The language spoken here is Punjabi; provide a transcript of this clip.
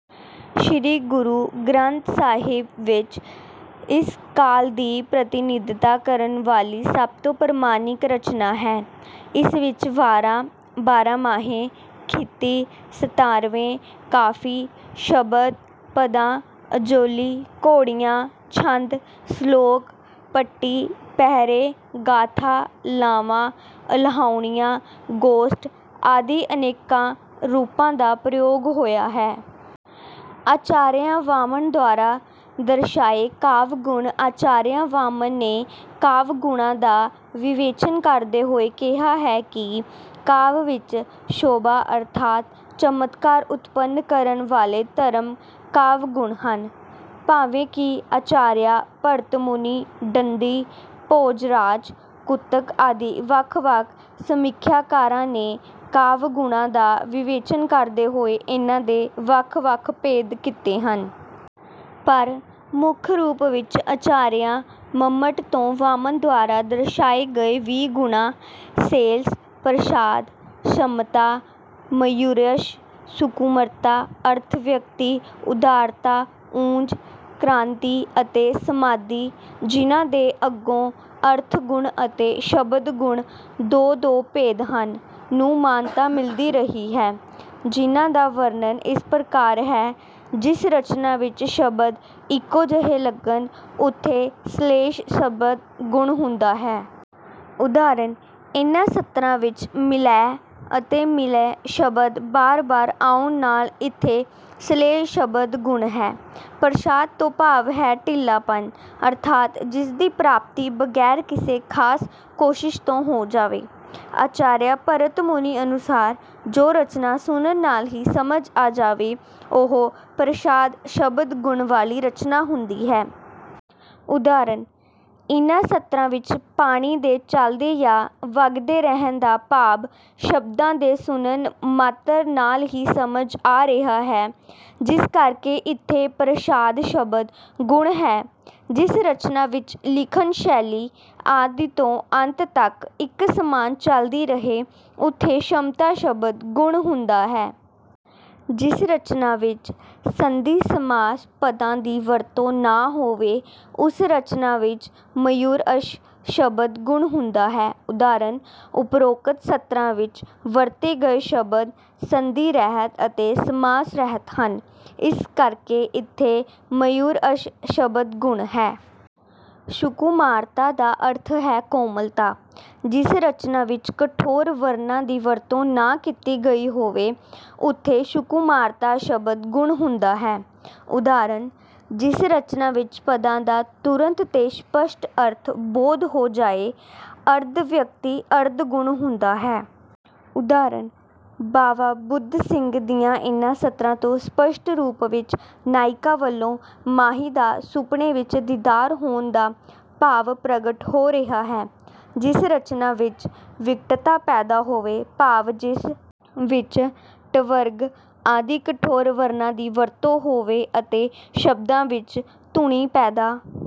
ਸ੍ਰੀ ਗੁਰੂ ਗ੍ਰੰਥ ਸਾਹਿਬ ਵਿੱਚ ਇਸ ਕਾਲ ਦੀ ਪ੍ਰਤੀਨਿਧਤਾ ਕਰਨ ਵਾਲੀ ਸਭ ਤੋਂ ਪ੍ਰਮਾਣਿਕ ਰਚਨਾ ਹੈ। ਇਸ ਵਿੱਚ ਵਾਰਾਂ, ਬਾਰਾਮਾਹੇ, ਖਿਤੀ, ਸਤਾਰਵੇ, ਕਾਫੀ, ਸ਼ਬੱਦ, ਪਦਾਂ, ਅਜੋਲੀ, ਘੋੜੀਆਂ, ਛੰਦ, ਸਲੋਕ, ਪਟੀ, ਪਹਿਰੇ, ਗਾਥਾ, ਲਾਵਾਂ, ਅਲਾਹੁਣੀਆਂ, ਗੋਸਟ ਆਦਿ ਅਨੇਕਾਂ ਰੂਪਾਂ ਦਾ ਪ੍ਰਯੋਗ ਹੋਇਆ ਹੈ। ਆਚਾਰੀਆ ਵਾਮਨ ਦੁਆਰਾ ਦਰਸਾਏ ਕਾਵਿ-ਗੁਣ ਆਚਾਰੀਆ ਵਾਮਨ ਨੇ ਕਾਵਿ-ਗੁਣਾਂ ਦਾ ਵਿਵੇਚਨ ਕਰਦੇ ਹੋਏ ਕਿਹਾ ਹੈ ਕਿ ਕਾਵਿ ਵਿੱਚ ਸ਼ੋਭਾ ਅਰਥਾਤ ਚਮਤਕਾਰ ਉਤਪੰਨ ਕਰਨ ਵਾਲੇ ਧਰਮ ਕਾਵਿ-ਗੁਣ ਹਨ। ਭਾਵੇਂ ਕਿ ਆਚਾਰੀਆ ਭਰਤ ਮੁਨੀ, ਦੰਡੀ, ਭੋਜ ਰਾਜ, ਕੁੰਤਕ ਆਦਿ ਵੱਖ-ਵੱਖ ਸਮੀਖਿਆਕਾਰਾਂ ਨੇ ਕਾਵਿ-ਗੁਣਾਂ ਦਾ ਵਿਵਚੇਨ ਕਰਦੇ ਹੋਏ ਇਨ੍ਹਾਂ ਦੇ ਵੱਖ-ਵੱਖ ਭੇਦ ਕੀਤੇ ਹਨ। ਪਰ ਮੁੱਖ ਰੂਪ ਵਿੱਚ ਆਚਾਰੀਆ ਮੰਮਟ ਤੋਂ ਵਾਮਨ ਦੁਆਰਾ ਦਰਸਾਏ ਗਏ ਵੀਹ ਗੁਣਾਂ- ਸ਼ੇਲਸ਼, ਪ੍ਰਸਾਦ, ਸਮਤਾ, ਮਾਧੁਰਯ, ਸੁਕੁਮਾਰਤਾ, ਅਰਥ-ਵਿਅਕਤੀ, ਉਦਾਰਤਾ, ਓਜ, ਕਾਂਤੀ ਅਤੇ ਸਮਾਧੀ, ਜਿਨ੍ਹਾਂ ਦੇ ਅੱਗੋਂ ਅਰਥ ਗੁਣ ਅਤੇ ਸ਼ਬਦ ਗੁਣ ਦੋ-ਦੋ ਭੇਦ ਹਨ, ਨੂੰ ਮਾਨਤਾ ਮਿਲਦੀ ਰਹੀ ਹੈ, ਜਿਨ੍ਹਾਂ ਦਾ ਵਰਣਨ ਇਸ ਪ੍ਰਕਾਰ ਹੈ— ਜਿਸ ਰਚਨਾ ਵਿੱਚ ਸ਼ਬਦ ਇੱਕੋ ਜਿਹੇ ਲੱਗਣ, ਉਥੇ ਸ਼ਲੇਸ਼ ਸ਼ਬਦ ਗੁਣ ਹੁੰਦਾ ਹੈ। ਉਦਾਹਰਣ- ਇਨ੍ਹਾਂ ਸਤਰਾਂ ਵਿੱਚ 'ਮਿਲਿਐ' ਅਤੇ 'ਮਿਲੈ' ਸ਼ਬਦ ਵਾਰ-ਵਾਰ ਆਉਣ ਨਾਲ ਇਥੇ ਸ਼ਲੇਸ਼ ਸ਼ਬਦ ਗੁਣ ਹੈ। ਪ੍ਰਸਾਦ ਤੋਂ ਭਾਵ ਹੈ ਢਿੱਲਾਪਣ ਅਰਥਾਤ ਜਿਸ ਦੀ ਪ੍ਰਾਪਤੀ ਬਗ਼ੈਰ ਕਿਸੇ ਖਾਸ ਕੋਸ਼ਿਸ਼ ਤੋਂ ਹੋ ਜਾਵੇ। ਆਚਾਰੀਆ ਭਰਤ ਮੁਨੀ ਅਨੁਸਾਰ ਜੋ ਰਚਨਾ ਸੁਣਨ ਨਾਲ ਹੀ ਸਮਝ ਆ ਜਾਵੇ ਉਹ ਪ੍ਰਸਾਦ ਸ਼ਬਦ ਗੁਣ ਵਾਲੀ ਰਚਨਾ ਹੁੰਦੀ ਹੈ। ਉਦਾਹਰਣ- ਇਨ੍ਹਾਂ ਸਤਰਾਂ ਵਿੱਚ ਪਾਣੀ ਦੇ ਚਲਦੇ ਜਾਂ ਵਗਦੇ ਰਹਿਣ ਦਾ ਭਾਵ ਸ਼ਬਦਾਂ ਦੇ ਸੁਣਨ ਮਾਤ੍ਰ ਨਾਲ ਹੀ ਸਮਝ ਆ ਰਿਹਾ ਹੈ, ਜਿਸ ਕਰਕੇ ਇਥੇ ਪ੍ਰਸਾਦ ਸ਼ਬਦ ਗੁਣ ਹੈ। ਜਿਸ ਰਚਨਾ ਵਿੱਚ ਲਿਖਣ ਸ਼ੈਲੀ ਆਦਿ ਤੋਂ ਅੰਤ ਤੱਕ ਇੱਕ ਸਮਾਨ ਚਲਦੀ ਰਹੇ ਉਥੇ ਸਮਤਾ ਸ਼ਬਦ ਗੁਣ ਹੁੰਦਾ ਹੈ। ਜਿਸ ਰਚਨਾ ਵਿੱਚ ਸੰਧੀ-ਸਮਾਸ ਪਦਾਂ ਦੀ ਵਰਤੋਂ ਨਾ ਹੋਵੇ ਉਸ ਰਚਨਾ ਵਿੱਚ ਮਾਧੁਰਯ ਸ਼ਬਦ ਗੁਣ ਹੁੰਦਾ ਹੈ। ਉਦਾਹਰਣ- ਓਪਰੋਕਤ ਸਤਰਾਂ ਵਿੱਚ ਵਰਤੇ ਗਏ ਸ਼ਬਦ ਸੰਧੀ ਰਹਿਤ ਅਤੇ ਸਮਾਸ ਰਹਿਤ ਹਨ ਇਸ ਕਰਕੇ ਇਥੇ ਮਾਧੁਰਯ ਸ਼ਬਦ ਗੁਣ ਹੈ। ਸੁਕੁਮਾਰਤਾ ਦਾ ਅਰਥ ਹੈ ਕੋਮਲਤਾ। ਜਿਸ ਰਚਨਾ ਵਿੱਚ ਕਠੋਰ ਵਰਣਾਂ ਦੀ ਵਰਤੋਂ ਨਾ ਕੀਤੀ ਗਈ ਹੋਵੇ ਉਥੇ ਸੁਕੁਮਾਰਤਾ ਸ਼ਬਦ ਗੁਣ ਹੁੰਦਾ ਹੈ। ਉਦਾਹਰਣ- ਜਿਸ ਰਚਨਾ ਵਿੱਚ ਪਦਾਂ ਦਾ ਤੁਰੰਤ ਤੇ ਸਪਸ਼ਟ ਅਰਥ ਬੋਧ ਹੋ ਜਾਏ, ਅਰਥ-ਵਿਅਕਤੀ ਅਰਥ ਗੁਣ ਹੁੰਦਾ ਹੈ। ਉਦਾਹਰਣ- ਬਾਵਾ ਬੁੱਧ ਸਿੰਘ ਦੀਆਂ ਇਨ੍ਹਾਂ ਸਤਰਾਂ ਤੋਂ ਸਪਸ਼ਟ ਰੂਪ ਵਿੱਚ ਨਾਇਕਾ ਵੱਲੋਂ ਮਾਹੀ ਦਾ ਸੁਪਨੇ ਵਿੱਚ ਦੀਦਾਰ ਹੋਣ ਦਾ ਭਾਵ ਪ੍ਰਗਟ ਹੋ ਰਿਹਾ ਹੈ। ਜਿਸ ਰਚਨਾ ਵਿੱਚ ਵਿਕਟਤਾ ਪੈਦਾ ਹੋਵੇ, ਭਾਵ ਜਿਸ ਵਿੱਚ ਟਵਰਗ ਆਦਿ ਕਠੋਰ ਵਰਣਾਂ ਦੀ ਵਰਤੋਂ ਹੋਵੇ ਅਤੇ ਸ਼ਬਦਾਂ ਵਿੱਚ ਧ੍ਵਨੀ ਪੈਦਾ